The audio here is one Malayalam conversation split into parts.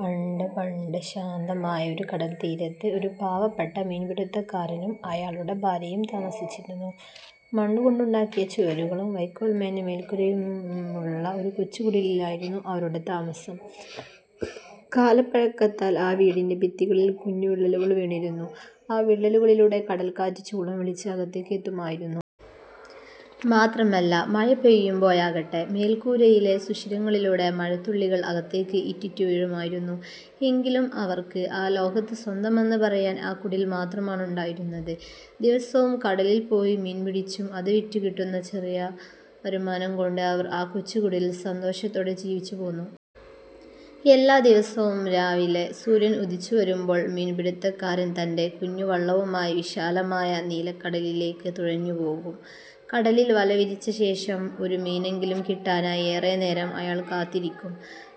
പണ്ട് പണ്ട്, ശാന്തമായ ഒരു കടൽത്തീരത്ത് ഒരു പാവപ്പെട്ട മീൻപിടുത്തക്കാരനും അയാളുടെ ഭാര്യയും താമസിച്ചിരുന്നു. മണ്ണു കൊണ്ടുണ്ടാക്കിയ ചുവരുകളും വൈക്കോൽ മേഞ്ഞ മേൽക്കൂരയുമുള്ള ഒരു കൊച്ചു കുടിലിലായിരുന്നു അവരുടെ താമസം. കാലപ്പഴക്കത്താൽ ആ വീടിന്റെ ഭിത്തികളിൽ കുഞ്ഞു വിള്ളലുകൾ വീണിരുന്നു. ആ വിള്ളലുകളിലൂടെ കടൽക്കാറ്റ് ചൂളംവിളിച്ചു അകത്തേക്ക് എത്തുമായിരുന്നു. മാത്രമല്ല മഴ പെയ്യുമ്പോഴാകട്ടെ, മേൽക്കൂരയിലെ സുഷിരങ്ങളിലൂടെ മഴത്തുള്ളികൾ അകത്തേക്ക് ഇറ്റിറ്റു വീഴുമായിരുന്നു. എങ്കിലും, അവർക്ക് ആ ലോകത്ത് സ്വന്തമെന്ന് പറയാൻ ആ കുടിൽ മാത്രമാണുണ്ടായിരുന്നത്. ദിവസവും കടലിൽ പോയി മീൻ പിടിച്ചും, അത് വിറ്റു കിട്ടുന്ന ചെറിയ വരുമാനം കൊണ്ട് അവർ ആ കൊച്ചു കുടിലിൽ സന്തോഷത്തോടെ ജീവിച്ചു പോന്നു. എല്ലാ ദിവസവും രാവിലെ, സൂര്യൻ ഉദിച്ചു വരുമ്പോൾ മീൻപിടിത്തക്കാരൻ തന്റെ കുഞ്ഞു വള്ളവുമായി വിശാലമായ നീലക്കടലിലേക്ക് തുഴഞ്ഞു പോകും. കടലിൽ വല വിരിച്ച ശേഷം ഒരു മീനെങ്കിലും കിട്ടാനായി ഏറെ നേരം അയാൾ കാത്തിരിക്കും.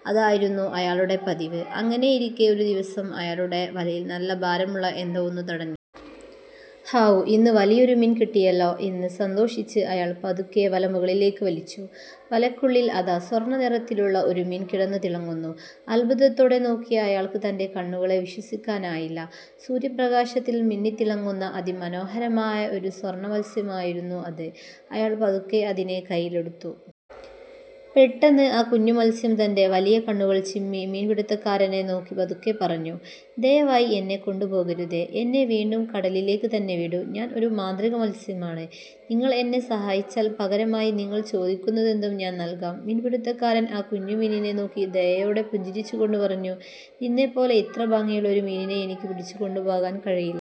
അതായിരുന്നു അയാളുടെ പതിവ്. അങ്ങനെയിരിക്കെ ഒരു ദിവസം, അയാളുടെ വലയിൽ നല്ല ഭാരമുള്ള എന്തോ ഒന്ന് തടഞ്ഞു. "ഹാവൂ, ഇന്ന് വലിയൊരു മീൻ കിട്ടിയല്ലോ! " എന്ന് സന്തോഷിച്ച് അയാൾ പതുക്കെ വല മുകളിലേക്ക് വലിച്ചു. വലയ്ക്കുള്ളിൽ അതാ സ്വർണ്ണനിറത്തിലുള്ള ഒരു മീൻ കിടന്ന് തിളങ്ങുന്നു! അത്ഭുതത്തോടെ നോക്കിയ അയാൾക്ക് തന്റെ കണ്ണുകളെ വിശ്വസിക്കാനായില്ല. സൂര്യപ്രകാശത്തിൽ മിന്നിത്തിളങ്ങുന്ന അതിമനോഹരമായ ഒരു സ്വർണ്ണമത്സ്യമായിരുന്നു അത്. അയാൾ പതുക്കെ അതിനെ കൈയിലെടുത്തു. പെട്ടെന്ന് ആ കുഞ്ഞു മത്സ്യം തന്റെ വലിയ കണ്ണുകൾ ചിമ്മി മീൻപിടിത്തക്കാരനെ നോക്കി പതുക്കെ പറഞ്ഞു: "ദയവായി എന്നെ കൊണ്ടുപോകരുതേ! എന്നെ വീണ്ടും കടലിലേക്ക് തന്നെ വിടൂ. ഞാൻ ഒരു മാന്ത്രിക മത്സ്യമാണ്. നിങ്ങൾ എന്നെ സഹായിച്ചാൽ, പകരമായി നിങ്ങൾ ചോദിക്കുന്നതെന്തും ഞാൻ നൽകാം! " മീൻപിടിത്തക്കാരൻ ആ കുഞ്ഞു മീനിനെ നോക്കി ദയയോടെ പുഞ്ചിരിച്ചുകൊണ്ട് പറഞ്ഞു: "നിന്നെപ്പോലെ ഇത്ര ഭംഗിയുള്ള ഒരു മീനിനെ എനിക്ക് പിടിച്ചു കൊണ്ടുപോകാൻ കഴിയില്ല.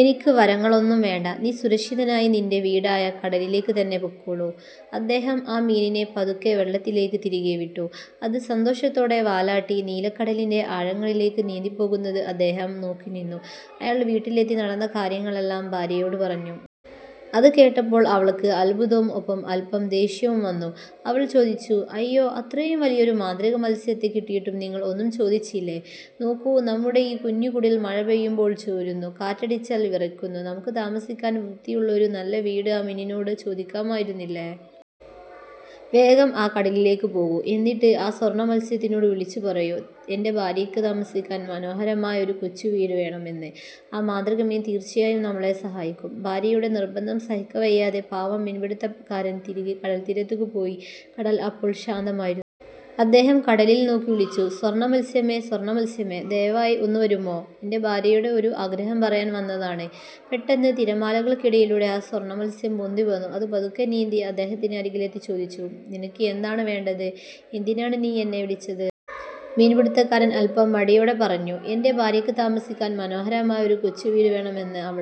എനിക്ക് വരങ്ങളൊന്നും വേണ്ട, നീ സുരക്ഷിതനായി നിന്റെ വീടായ കടലിലേക്ക് തന്നെ പൊയ്ക്കോളൂ. " അദ്ദേഹം ആ മീനിനെ പതുക്കെ വെള്ളത്തിലേക്ക് തിരികെ വിട്ടു. അത് സന്തോഷത്തോടെ വാലാട്ടി നീലക്കടലിന്റെ ആഴങ്ങളിലേക്ക് നീന്തിപ്പോകുന്നത് അദ്ദേഹം നോക്കി നിന്നു. അയാൾ വീട്ടിലെത്തി നടന്ന കാര്യങ്ങളെല്ലാം ഭാര്യയോട് പറഞ്ഞു. അത് കേട്ടപ്പോൾ അവൾക്ക് അത്ഭുതവും ഒപ്പം അല്പം ദേഷ്യവും വന്നു. അവൾ ചോദിച്ചു "അയ്യോ! അത്രയും വലിയൊരു മാന്ത്രിക മത്സ്യത്തെ കിട്ടിയിട്ടും നിങ്ങൾ ഒന്നും ചോദിച്ചില്ലേ? നോക്കൂ, നമ്മുടെ ഈ കുഞ്ഞു കുടിൽ മഴ പെയ്യുമ്പോൾ ചോരുന്നു, കാറ്റടിച്ചാൽ വിറയ്ക്കുന്നു. നമുക്ക് താമസിക്കാൻ വൃത്തിയുള്ള ഒരു നല്ല വീട് ആ മീനിനോട് ചോദിക്കാമായിരുന്നില്ലേ? വേഗം കടലിലേക്ക് പോകൂ. എന്നിട്ട് ആ സ്വർണ്ണമത്സ്യത്തിനോട് വിളിച്ചു പറയൂ: എന്റെ ഭാര്യയ്ക്ക് താമസിക്കാൻ മനോഹരമായ ഒരു കൊച്ചു വീട് വേണം എന്ന്. ആ മാന്ത്രിക മീൻ തീർച്ചയായും നമ്മളെ സഹായിക്കും! " ഭാര്യയുടെ നിർബന്ധം സഹിക്കവയ്യാതെ പാവം മീൻപിടിത്തക്കാരൻ തിരികെ കടൽത്തീരത്തേക്ക് പോയി. കടൽ അപ്പോൾ ശാന്തമായിരുന്നു. അദ്ദേഹം കടലിൽ നോക്കി വിളിച്ചു "സ്വർണ്ണമത്സ്യമേ, സ്വർണ്ണമത്സ്യമേ, ദയവായി ഒന്ന് വരുമോ? എന്റെ ഭാര്യയുടെ ഒരു ആഗ്രഹം പറയാൻ വന്നതാണ്. " പെട്ടെന്ന്, തിരമാലകൾക്കിടയിലൂടെ ആ സ്വർണ്ണമത്സ്യം പൊന്തിവന്നു. അത് പതുക്കെ നീന്തി അദ്ദേഹത്തിന് അരികിലെത്തി ചോദിച്ചു: "നിനക്ക് എന്താണ് വേണ്ടത്? എന്തിനാണ് നീ എന്നെ വിളിച്ചത്? " മീൻപിടിത്തക്കാരൻ അല്പം മടിയോടെ പറഞ്ഞു: "എന്റെ ഭാര്യയ്ക്ക് താമസിക്കാൻ മനോഹരമായ ഒരു കൊച്ചു വീട് വേണം എന്ന് അവൾ